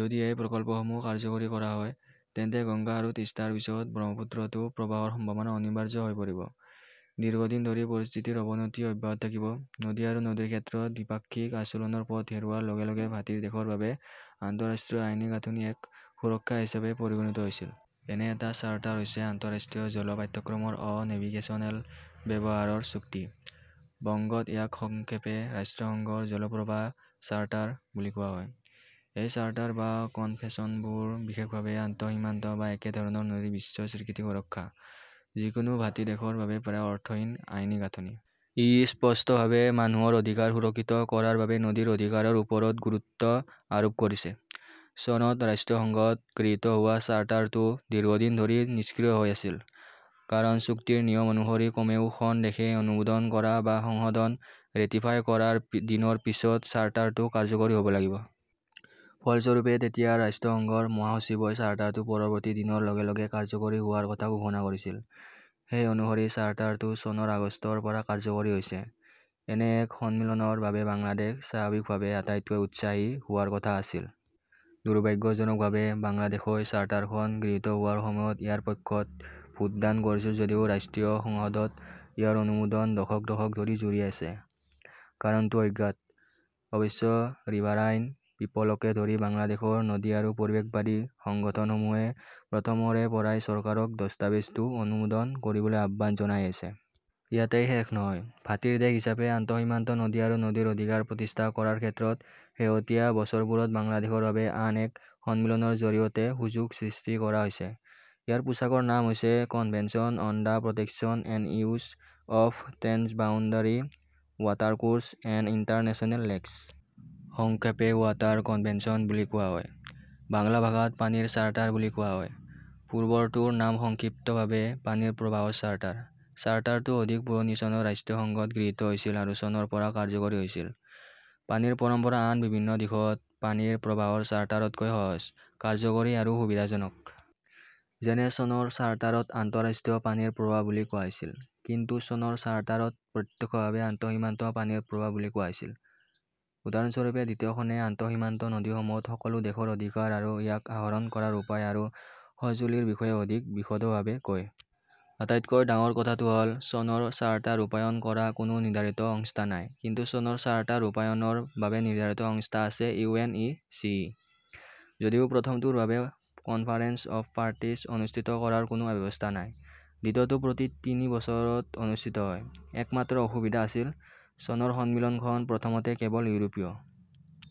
যদি এই প্ৰকল্পসমূহ কাৰ্যকৰী কৰা হয়, তেন্তে গংগা আৰু তিষ্টাৰ পিছত ব্ৰহ্মপুত্ৰতো প্ৰৱাহৰ সম্ভাৱনা অনিবাৰ্য হৈ পৰিব। দীৰ্ঘদিন ধৰি পৰিস্থিতিৰ অৱনতি অব্যাহত থাকিব। নদী আৰু নদীৰ ক্ষেত্ৰত দ্বিপাক্ষিক আলোচনাৰ পথ হেৰুওৱাৰ লগে লগে ভাটিৰ দেশৰ বাবে আন্তঃৰাষ্ট্ৰীয় আইনী গাঁথনি এক সুৰক্ষা হিচাপে পৰিগণিত হৈছিল। এনে এটা চাৰ্টাৰ হৈছে আন্তঃৰাষ্ট্ৰীয় জল পাঠ্যক্ৰমৰ অ-নেভিগেচনাল ব্যৱহাৰৰ চুক্তি। বংগত ইয়াক সংক্ষেপে ৰাষ্ট্ৰসংঘৰ জল প্ৰবাহ চাৰ্টাৰ, বুলি কোৱা হয়। এই চাৰ্টাৰ বা কনভেনচনবোৰ বিশেষভাৱে আন্তঃসীমান্ত বা একেধৰণৰ নদীৰ বিশ্ব স্বীকৃত সুৰক্ষা। যিকোনো ভাটি দেশৰ বাবে প্ৰায় অৰ্থহীন আইনী গাঁথনি। ই স্পষ্টভাৱে মানুহৰ অধিকাৰ সুৰক্ষিত কৰাৰ বাবে নদীৰ অধিকাৰৰ ওপৰত গুৰুত্ব আৰোপ কৰিছে। চনত ৰাষ্ট্ৰসংঘত গৃহীত হোৱা চাৰ্টাৰটো দীৰ্ঘদিন ধৰি নিষ্ক্ৰিয় হৈ আছিল। কাৰণ চুক্তিৰ নিয়ম অনুসৰি কমেও খন দেশে অনুমোদন কৰা বা সংসদত ৰেটিফাই' কৰাৰ দিনৰ পিছত চাৰ্টাৰটো কাৰ্যকৰী হ 'ব লাগিব। ফলস্বৰূপে, তেতিয়াৰ ৰাষ্ট্ৰসংঘৰ মহাসচিবই চাৰ্টাৰটো পৰৱৰ্তী দিনৰ লগে লগে কাৰ্যকৰী হোৱাৰ কথা ঘোষণা কৰিছিল। সেই অনুসৰি চাৰ্টাৰটো চনৰ আগষ্টৰ পৰা কাৰ্যকৰী হৈছে। এনে এক সন্মিলনৰ বাবে বাংলাদেশ স্বাভাৱিকভাৱেই আটাইতকৈ উৎসাহী হোৱাৰ কথা আছিল। দুৰ্ভাগ্যজনকভাৱে বাংলাদেশই চাৰ্টাৰখন গৃহীত হোৱাৰ সময়ত ইয়াৰ পক্ষত ভোটদান কৰিছিল যদিও ৰাষ্ট্ৰীয় সংসদত ইয়াৰ অনুমোদন দশক দশক ধৰি ঝুৰি আছে। কাৰণটো অজ্ঞাত। অৱশ্যে ৰিভাৰাইন পিপলকে ধৰি বাংলাদেশৰ নদী আৰু পৰিৱেশবাদী সংগঠনসমূহে প্ৰথমৰে পৰাই চৰকাৰক দস্তাবেজটো অনুমোদন কৰিবলৈ আহ্বান জনাই আহিছে। ইয়াতেই শেষ নহয়। ভাটিৰ দেশ হিচাপে আন্তঃসীমান্ত নদী আৰু নদীৰ অধিকাৰ প্ৰতিষ্ঠা কৰাৰ ক্ষেত্ৰত শেহতীয়া বছৰবোৰত বাংলাদেশৰ বাবে আন এক সন্মিলনৰ জৰিয়তে সুযোগ সৃষ্টি কৰা হৈছে। ইয়াৰ পোচাকৰ নাম হৈছে 'convention on the protection and use of transboundary watercourses and international lakes. সংক্ষেপে ৱাটাৰ কনভেনচন বুলি কোৱা হয়। বাংলা ভাষাত পানীৰ চাৰ্টাৰ বুলি কোৱা হয়। পূৰ্বৰটোৰ নাম সংক্ষিপ্তভাৱে পানীৰ প্ৰবাহৰ চাৰ্টাৰ । চাৰ্টাৰটো অধিক পুৰণি- চনত ৰাষ্ট্ৰসংঘত গৃহীত হৈছিল আৰু চনৰ পৰা কাৰ্যকৰী হৈছিল। পানীৰ পৰম্পৰা আন বিভিন্ন দিশত পানীৰ প্ৰবাহৰ চাৰ্টাৰতকৈ সহজ, কাৰ্যকৰী আৰু সুবিধাজনক। যেনে চনৰ চাৰ্টাৰত 'আন্তঃৰাষ্ট্ৰীয় পানীৰ প্ৰৱাহ বুলি কোৱা হৈছিল, কিন্তু চনৰ চাৰ্টাৰত প্ৰত্যক্ষভাৱে' আন্তঃসীমান্ত পানীৰ প্ৰৱাহ" বুলি কোৱা হৈছিল। উদাহৰণস্বৰূপে, দ্বিতীয়খনে আন্তঃসীমান্ত নদীসমূহত সকলো দেশৰ অধিকাৰ আৰু ইয়াক আহৰণ কৰাৰ উপায় আৰু সঁজুলিৰ বিষয়ে অধিক বিশদভাৱে কয়। আটাইতকৈ ডাঙৰ কথাটো হ 'ল, চনৰ চাৰ্টাৰ ৰূপায়ণ কৰা কোনো নিৰ্ধাৰিত সংস্থা নাই; কিন্তু চনৰ চাৰ্টাৰ ৰূপায়ণৰ বাবে নিৰ্ধাৰিত সংস্থা আছে-ইউ. এন. ই. চি. ই.। যদিও প্ৰথমটোৰ বাবে 'কনফাৰেন্স অৱ পাৰ্টিজ "অনুষ্ঠিত কৰাৰ কোনো ব্যৱস্থা নাই, দ্বিতীয়টো প্ৰতি তিনি বছৰত অনুষ্ঠিত হয়। একমাত্ৰ অসুবিধা আছিল। চনৰ সন্মিলনখন প্ৰথমতে কেৱল ইউৰোপীয়